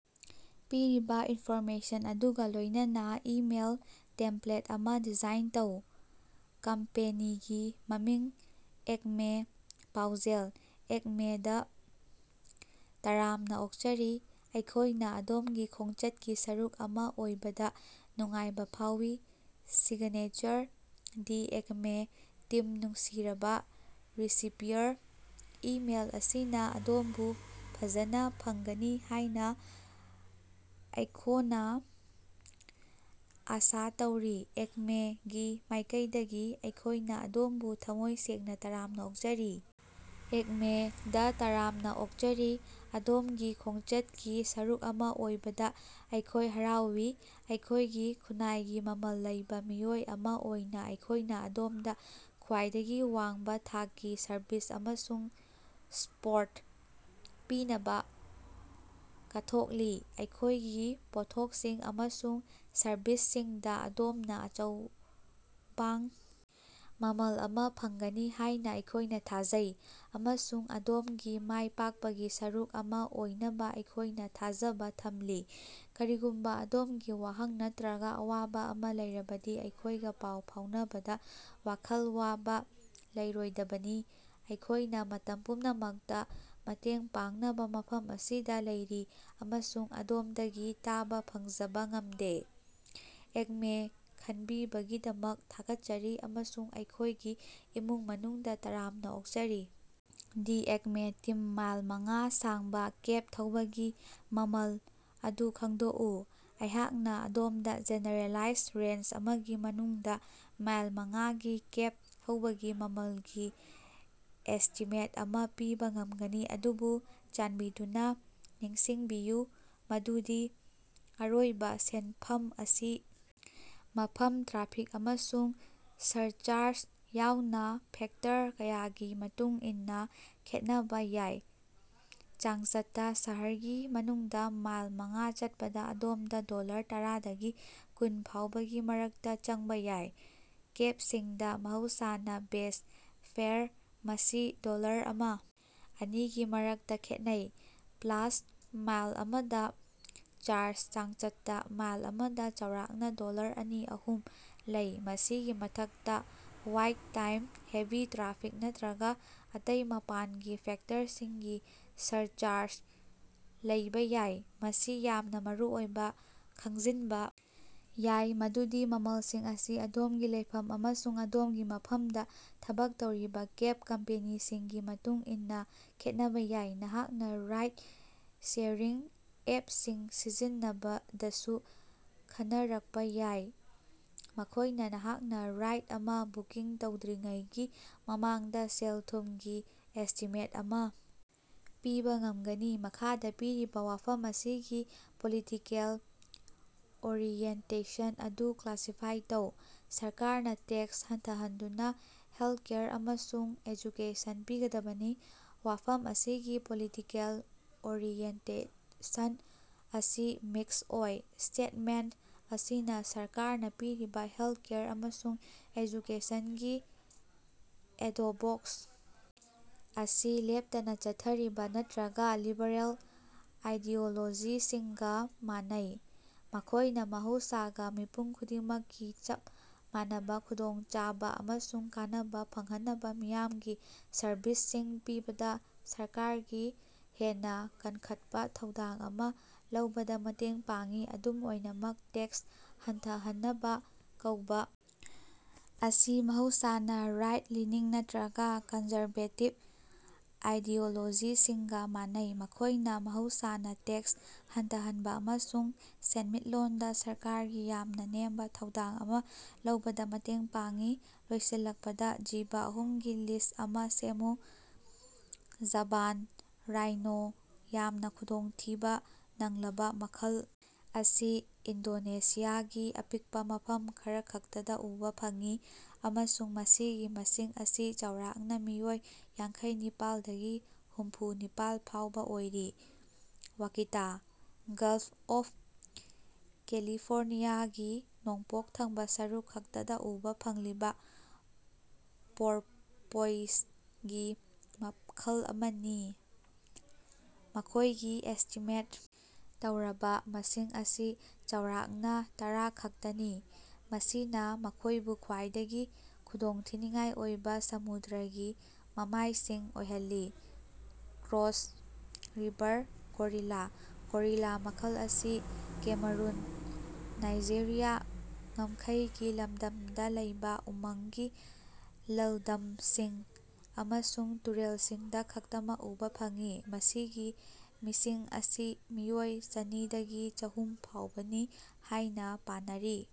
ꯄꯤꯔꯤꯕ ꯏꯟꯐꯣꯔꯃꯦꯁꯟ ꯑꯗꯨꯒ ꯂꯣꯏꯅꯅ ꯏꯃꯦꯜ ꯇꯦꯝꯄ꯭ꯂꯦꯠ ꯑꯃ ꯗꯤꯖꯥꯏꯟ ꯇꯧ꯫ ꯀꯝꯄꯦꯅꯤꯒꯤ ꯃꯃꯤꯡ: ꯑꯦꯛꯃꯦ ꯄꯥꯎꯖꯦꯜ: ꯑꯦꯛꯃꯦꯗ ꯇꯔꯥꯝꯅ ꯑꯣꯛꯆꯔꯤ! ꯑꯩꯈꯣꯏꯅ ꯑꯗꯣꯝꯒꯤ ꯈꯣꯡꯆꯠꯀꯤ ꯁꯔꯨꯛ ꯑꯃꯥ ꯑꯣꯏꯕꯗ ꯅꯨꯡꯉꯥꯏꯕ ꯐꯥꯎꯏ ꯫ꯁꯤꯒꯅꯦꯆꯔ: ꯗꯤ ꯑꯦꯛꯃꯦ ꯇꯤꯝ꯫ ꯅꯨꯡꯁꯤꯔꯕꯥ ꯔꯤꯁꯤꯄꯤꯌꯔ, ꯏꯃꯦꯜ ꯑꯁꯤꯅ ꯑꯗꯣꯝꯕꯨ ꯐꯖꯅ ꯐꯪꯒꯅꯤ ꯍꯥꯏꯅ ꯑꯩꯈꯣꯥꯅ ꯑꯥꯁꯥ ꯇꯧꯔꯤ꯫ ꯑꯦꯛꯃꯦ ꯒꯤ ꯃꯥꯏꯀꯩꯗꯒꯤ ꯑꯩꯈꯣꯏꯅ ꯑꯗꯣꯝꯕꯨ ꯊꯃꯣꯏ ꯁꯦꯡꯅ ꯇꯔꯥꯝꯅ ꯑꯣꯛꯆꯔꯤ! ꯑꯦꯛꯃꯦ ꯗ ꯇꯔꯥꯝꯅꯥꯑꯣꯛꯆꯔꯤ! ꯑꯗꯣꯝꯒꯤ ꯈꯣꯡꯆꯠꯀꯤ ꯁꯔꯨꯛ ꯑꯃ ꯑꯣꯏꯕꯗ ꯑꯩꯈꯣꯏ ꯍꯔꯥꯎꯏ꯫ ꯑꯩꯈꯣꯏꯒꯤ ꯈꯨꯟꯅꯥꯏꯒꯤ ꯃꯃꯜ ꯂꯩꯕ ꯃꯤꯑꯣꯏ ꯑꯃ ꯑꯣꯏꯅ ꯑꯩꯈꯣꯏꯅ ꯑꯗꯣꯝꯗ ꯈ꯭ꯋꯥꯏꯗꯒꯤ ꯋꯥꯡꯕ ꯊꯥꯛꯀꯤ ꯁꯔꯚꯤꯁ ꯑꯃꯁꯨꯡ ꯁꯄꯣꯔꯠ ꯄꯤꯅꯕ ꯀꯠꯊꯣꯛꯂꯤ꯫ ꯑꯩꯈꯣꯏꯒꯤ ꯄꯣꯠꯊꯣꯛꯁꯤꯡ ꯑꯃꯁꯨꯡ ꯁꯔꯕꯤꯁꯁꯤꯡꯗ ꯑꯗꯣꯝꯅ ꯑꯆꯧꯕꯥꯡ ꯃꯃꯜ ꯑꯃ ꯐꯪꯒꯅꯤ ꯍꯥꯏꯅ ꯑꯩꯈꯣꯏꯅ ꯊꯥꯖꯩ, ꯑꯃꯁꯨꯡ ꯑꯗꯣꯝꯒꯤ ꯃꯥꯏ ꯄꯥꯛꯄꯒꯤ ꯁꯔꯨꯛ ꯑꯃ ꯑꯣꯏꯅꯕ ꯑꯩꯈꯣꯏꯅ ꯊꯥꯖꯕꯥ ꯊꯝꯂꯤ꯫ ꯀꯔꯤꯒꯨꯝꯕ ꯑꯗꯣꯝꯒꯤ ꯋꯥꯍꯪ ꯅꯠꯇ꯭ꯔꯒ ꯑꯋꯥꯕ ꯑꯃ ꯂꯩꯔꯕꯗꯤ ꯑꯩꯈꯣꯏꯒ ꯄꯥꯎ ꯐꯥꯎꯅꯕꯗ ꯋꯥꯈꯜ ꯋꯥꯕ ꯂꯩꯔꯣꯏꯗꯕꯅꯤ꯫ ꯑꯩꯈꯣꯏꯅ ꯃꯇꯝ ꯄꯨꯝꯅꯃꯛꯇ ꯃꯇꯦꯡ ꯄꯥꯡꯅꯕꯥ ꯃꯐꯝ ꯑꯁꯤꯗꯥ ꯂꯩꯔꯤ, ꯑꯃꯁꯨꯡ ꯑꯗꯣꯝꯗꯒꯤ ꯇꯥꯕ ꯐꯪꯖꯕꯥ ꯉꯝꯗꯦ꯫ ꯑꯦꯛꯃꯦ ꯈꯟꯕꯤꯕꯒꯤꯗꯃꯛ ꯊꯥꯒꯠꯆꯔꯤ ꯑꯃꯁꯨꯡ ꯑꯩꯈꯣꯏꯒꯤ ꯏꯃꯨꯡ ꯃꯅꯨꯡꯗ ꯇꯔꯥꯝꯅꯥ ꯑꯣꯛꯆꯔꯤ! ꯗꯤ ꯑꯦꯛꯃꯦ ꯇꯤꯝ꯫ ꯃꯥꯏꯜ ꯃꯉꯥ ꯁꯥꯡꯕ ꯀꯦꯕ ꯊꯧꯕꯒꯤ ꯃꯃꯜ ꯑꯗꯨ ꯈꯪꯗꯣꯛꯎ꯫ ꯑꯩꯍꯥꯛꯅ ꯑꯗꯣꯝꯗ ꯖꯦꯅꯦꯔꯦꯂꯥꯏꯖ ꯔꯦꯟꯖ ꯑꯃꯒꯤ ꯃꯅꯨꯡꯗ ꯃꯥꯏꯜ ꯃꯉꯥꯒꯤ ꯀꯦꯕ ꯊꯧꯕꯒꯤ ꯃꯃꯜꯒꯤ ꯑꯦꯁꯇꯤꯃꯦꯠ ꯑꯃ ꯄꯤꯕ ꯉꯝꯒꯅꯤ, ꯑꯗꯨꯕꯨ ꯆꯥꯟꯕꯤꯗꯨꯅ ꯅꯤꯡꯁꯤꯡꯕꯤꯌꯨ ꯃꯗꯨꯗꯤ ꯑꯔꯣꯏꯕ ꯁꯦꯟꯐꯝ ꯑꯁꯤ ꯃꯐꯝ, ꯇ꯭ꯔꯥꯐꯤꯛ, ꯑꯃꯁꯨꯡ ꯁꯔꯆꯥꯔꯖ ꯌꯥꯎꯅ ꯐꯦꯛꯇꯔ ꯀꯌꯥꯒꯤ ꯃꯇꯨꯡ ꯏꯟꯅ ꯈꯦꯠꯅꯕ ꯌꯥꯏ꯫ ꯆꯥꯡꯆꯠꯇꯥ, ꯁꯍꯔꯒꯤ ꯃꯅꯨꯡꯗ ꯃꯥꯏꯜ ꯃꯉꯥ ꯆꯠꯄꯗ ꯑꯗꯣꯝꯗ ꯗꯣꯂꯔ ꯇꯔꯥꯗꯒꯤ ꯀꯨꯟ ꯐꯥꯎꯕꯒꯤ ꯃꯔꯛꯇ ꯆꯪꯕ ꯌꯥꯏ꯫ ꯀꯦꯕꯁꯤꯡꯗ ꯃꯍꯧꯁꯥꯅ ꯕꯦꯖ ꯐꯦꯌꯔ (ꯃꯁꯤ ꯗꯣꯂꯔ ꯑꯃꯥ - ꯑꯅꯤꯒꯤ ꯃꯔꯛꯇ ꯈꯦꯠꯅꯩ) ꯄ꯭ꯂꯥꯁ ꯃꯥꯏꯜ ꯑꯃꯗ ꯆꯥꯔꯖ (ꯆꯥꯡꯆꯠꯇ ꯃꯥꯏꯜ ꯑꯃꯗ ꯆꯥꯎꯔꯥꯛꯅ ꯗꯣꯂꯔ ꯑꯅꯤ - ꯑꯍꯨꯝ) ꯂꯩ꯫ ꯃꯁꯤꯒꯤ ꯃꯊꯛꯇ ꯋꯥꯏꯠ ꯇꯥꯏꯝ, ꯍꯦꯚꯤ ꯇ꯭ꯔꯥꯐꯤꯛ ꯅꯠꯇ꯭ꯔꯒ ꯑꯇꯩ ꯃꯄꯥꯟꯒꯤ ꯐꯦꯛꯇꯔꯁꯤꯡꯒꯤ ꯁꯔꯆꯥꯔꯖ ꯂꯩꯕ ꯌꯥꯏ꯫ ꯃꯁꯤ ꯌꯥꯝꯅ ꯃꯔꯨꯑꯣꯏꯅ ꯈꯪꯖꯤꯟꯕ ꯌꯥꯏ ꯃꯗꯨꯗꯤ ꯃꯃꯜꯁꯤꯡ ꯑꯁꯤ ꯑꯗꯣꯝꯒꯤ ꯂꯩꯐꯝ ꯑꯃꯁꯨꯡ ꯑꯗꯣꯝꯒꯤ ꯃꯐꯝꯗ ꯊꯕꯛ ꯇꯧꯔꯤꯕ ꯀꯦꯕ ꯀꯝꯄꯦꯅꯤꯁꯤꯡꯒꯤ ꯃꯇꯨꯡ ꯏꯟꯅ ꯈꯦꯠꯅꯕ ꯌꯥꯏ꯫ ꯅꯍꯥꯛꯅ ꯔꯥꯏꯗ-ꯁꯦꯌꯔꯤꯡ ꯑꯦꯞꯁꯤꯡ ꯁꯤꯖꯤꯟꯅꯕꯗꯁꯨ ꯈꯟꯅꯔꯛꯄ ꯌꯥꯏ, ꯃꯈꯣꯏꯅ ꯅꯍꯥꯛꯅ ꯔꯥꯏꯗ ꯑꯃ ꯕꯨꯀꯤꯡ ꯇꯧꯗ꯭ꯔꯤꯉꯩꯒꯤ ꯃꯃꯥꯡꯗꯥ ꯁꯦꯜ-ꯊꯨꯝꯒꯤ ꯑꯦꯁ꯭ꯇꯤꯃꯦꯠ ꯑꯃ ꯄꯤꯕ ꯉꯝꯒꯅꯤ꯫ ꯃꯈꯥꯗ ꯄꯤꯔꯤꯕꯥ ꯋꯥꯐꯝ ꯑꯁꯤꯒꯤ ꯄꯣꯂꯤꯇꯤꯀꯦꯜ ꯑꯣꯔꯤꯑꯦꯟꯇꯦꯁꯟ ꯑꯗꯨ ꯀ꯭ꯂꯥꯁꯤꯐꯥꯏ ꯇꯧ: ꯁꯔꯀꯥꯔꯅ ꯇꯦꯛꯁ ꯍꯟꯊꯍꯟꯗꯨꯅ ꯍꯦꯜꯊꯀꯦꯌꯔ ꯑꯃꯁꯨꯡ ꯑꯦꯖꯨꯀꯦꯁꯟ ꯄꯤꯒꯗꯕꯅꯤ꯫ ꯋꯥꯐꯝ ꯑꯁꯤꯒꯤ ꯄꯣꯂꯤꯇꯤꯀꯦꯜ ꯑꯣꯔꯤꯑꯦꯟꯇꯦꯁꯟ ꯑꯁꯤ ꯃꯤꯛꯁ ꯑꯣꯏ꯫ ꯁ꯭ꯇꯦꯠꯃꯦꯟꯇ ꯑꯁꯤꯅ ꯁꯔꯀꯥꯔꯅ ꯄꯤꯔꯤꯕ ꯍꯦꯜꯊꯀꯦꯌꯔ ꯑꯃꯁꯨꯡ ꯑꯦꯖꯨꯀꯦꯁꯟꯒꯤ ꯑꯦꯗꯣꯕꯣꯛꯁ ꯑꯁꯤ ꯂꯦꯞꯇꯅ ꯆꯠꯊꯔꯤꯕ ꯅꯠꯇ꯭ꯔꯒ ꯂꯤꯕꯔꯜ ꯑꯥꯏꯗꯤꯑꯣꯂꯣꯖꯤꯁꯤꯡꯒꯥ ꯃꯥꯟꯅꯩ, ꯃꯈꯣꯏꯅ ꯃꯍꯧꯁꯥꯅ ꯃꯤꯄꯨꯝ ꯈꯨꯗꯤꯡꯃꯛꯀꯤ ꯆꯞ ꯃꯥꯟꯅꯕ ꯈꯨꯗꯣꯡꯆꯥꯕ ꯑꯃꯁꯨꯡ ꯀꯥꯟꯅꯕ ꯐꯪꯍꯟꯅꯕ ꯃꯤꯌꯥꯝꯒꯤ ꯁꯔꯕꯤꯁꯁꯤꯡ ꯄꯤꯕꯗ ꯁꯔꯀꯥꯔꯒꯤ ꯍꯦꯟꯅ ꯀꯟꯈꯠꯄ ꯊꯧꯗꯥꯡ ꯑꯃ ꯂꯧꯕꯗ ꯃꯇꯦꯡ ꯄꯥꯡꯏ꯫ ꯑꯗꯨꯝ ꯑꯣꯏꯅꯃꯛ, ꯇꯦꯛꯁ ꯍꯟꯊꯍꯟꯅꯕ ꯀꯧꯕ ꯑꯁꯤ ꯃꯍꯧꯁꯥꯅ ꯔꯥꯏꯠ-ꯂꯤꯅꯤꯡ ꯅꯠꯇ꯭ꯔꯒ ꯀꯟꯖꯔꯕꯦꯇꯤꯕ ꯑꯥꯏꯗꯤꯑꯣꯂꯣꯖꯤꯁꯤꯡꯒ ꯃꯥꯟꯅꯩ꯫ ꯃꯈꯣꯏꯅ ꯃꯍꯧꯁꯥꯅ ꯇꯦꯛꯁ ꯍꯟꯊꯍꯟꯕ ꯑꯃꯁꯨꯡ ꯁꯦꯟꯃꯤꯠꯂꯣꯟꯗ ꯁꯔꯀꯥꯔꯒꯤ ꯌꯥꯝꯅ ꯅꯦꯝꯕ ꯊꯧꯗꯥꯡ ꯑꯃ ꯂꯧꯕꯗ ꯃꯇꯦꯡ ꯄꯥꯡꯏ꯫ ꯂꯣꯏꯁꯤꯜꯂꯛꯄꯗ ꯖꯤꯕ ꯑꯍꯨꯝꯒꯤ ꯂꯤꯁ꯭ꯠ ꯑꯃ ꯁꯦꯝꯃꯨ꯫ ꯖꯥꯚꯥꯟ ꯔꯥꯏꯅꯣ: ꯌꯥꯝꯅ ꯈꯨꯗꯣꯡꯊꯤꯕ ꯅꯪꯂꯕ ꯃꯈꯜ ꯑꯁꯤ ꯏꯟꯗꯣꯅꯦꯁꯤꯌꯥꯒꯤ ꯑꯄꯤꯛꯄ ꯃꯐꯝ ꯈꯔꯈꯛꯇꯗ ꯎꯕ ꯐꯪꯏ ꯑꯃꯁꯨꯡ ꯃꯁꯤꯒꯤ ꯃꯁꯤꯡ ꯑꯁꯤ ꯆꯥꯎꯔꯥꯛꯅ ꯃꯤꯑꯣꯏ ꯌꯥꯡꯈꯩꯅꯤꯄꯥꯜꯗꯒꯤ ꯍꯨꯝꯐꯨ ꯅꯤꯄꯥꯜ ꯐꯥꯎꯕ ꯑꯣꯏꯔꯤ꯫ ꯋꯥꯀꯤꯇꯥ: ꯒꯜꯐ ꯑꯣꯐ ꯀꯦꯂꯤꯐꯣꯔꯅꯤꯌꯥꯒꯤ ꯅꯣꯡꯄꯣꯛ ꯊꯪꯕ ꯁꯔꯨꯛ ꯈꯛꯇꯗ ꯎꯕ ꯐꯪꯂꯤꯕ ꯄꯣꯔꯄꯣꯏꯖꯒꯤ ꯃꯈꯜ ꯑꯃꯅꯤ꯫ ꯃꯈꯣꯏꯒꯤ ꯑꯦꯁ꯭ꯇꯤꯃꯦꯠ ꯇꯧꯔꯕ ꯃꯁꯤꯡ ꯑꯁꯤ ꯆꯥꯎꯔꯥꯛꯅ ꯇꯔꯥꯈꯛꯇꯅꯤ, ꯃꯁꯤꯅ ꯃꯈꯣꯏꯕꯨ ꯈ꯭ꯋꯥꯏꯗꯒꯤ ꯈꯨꯗꯣꯡꯊꯤꯅꯤꯡꯉꯥꯏ ꯑꯣꯏꯕ ꯁꯃꯨꯗ꯭ꯔꯒꯤ ꯃꯃꯥꯏꯁꯤꯡ ꯑꯣꯏꯍꯜꯂꯤ꯫ ꯀ꯭ꯔꯣꯁ ꯔꯤꯚꯔ ꯒꯣꯔꯤꯂꯥ: ꯒꯣꯔꯤꯂꯥ ꯃꯈꯜ ꯑꯁꯤ ꯀꯦꯃꯔꯨꯟ-ꯅꯥꯏꯖꯦꯔꯤꯌꯥ ꯉꯝꯈꯩꯒꯤ ꯂꯝꯗꯝꯗ ꯂꯩꯕꯥ ꯎꯃꯪꯒꯤ ꯂꯜꯗꯝꯁꯤꯡ ꯑꯃꯁꯨꯡ ꯇꯨꯔꯦꯜꯁꯤꯡꯗ ꯈꯛꯇꯃꯛ ꯎꯕ ꯐꯪꯏ, ꯃꯁꯤꯒꯤ ꯃꯤꯁꯤꯡ ꯑꯁꯤ ꯃꯤꯑꯣꯏ ꯆꯅꯤ ꯗꯒꯤ ꯆꯍꯨꯝ ꯐꯥꯎꯕꯅꯤ ꯍꯥꯌꯅ ꯄꯥꯅꯔꯤ꯫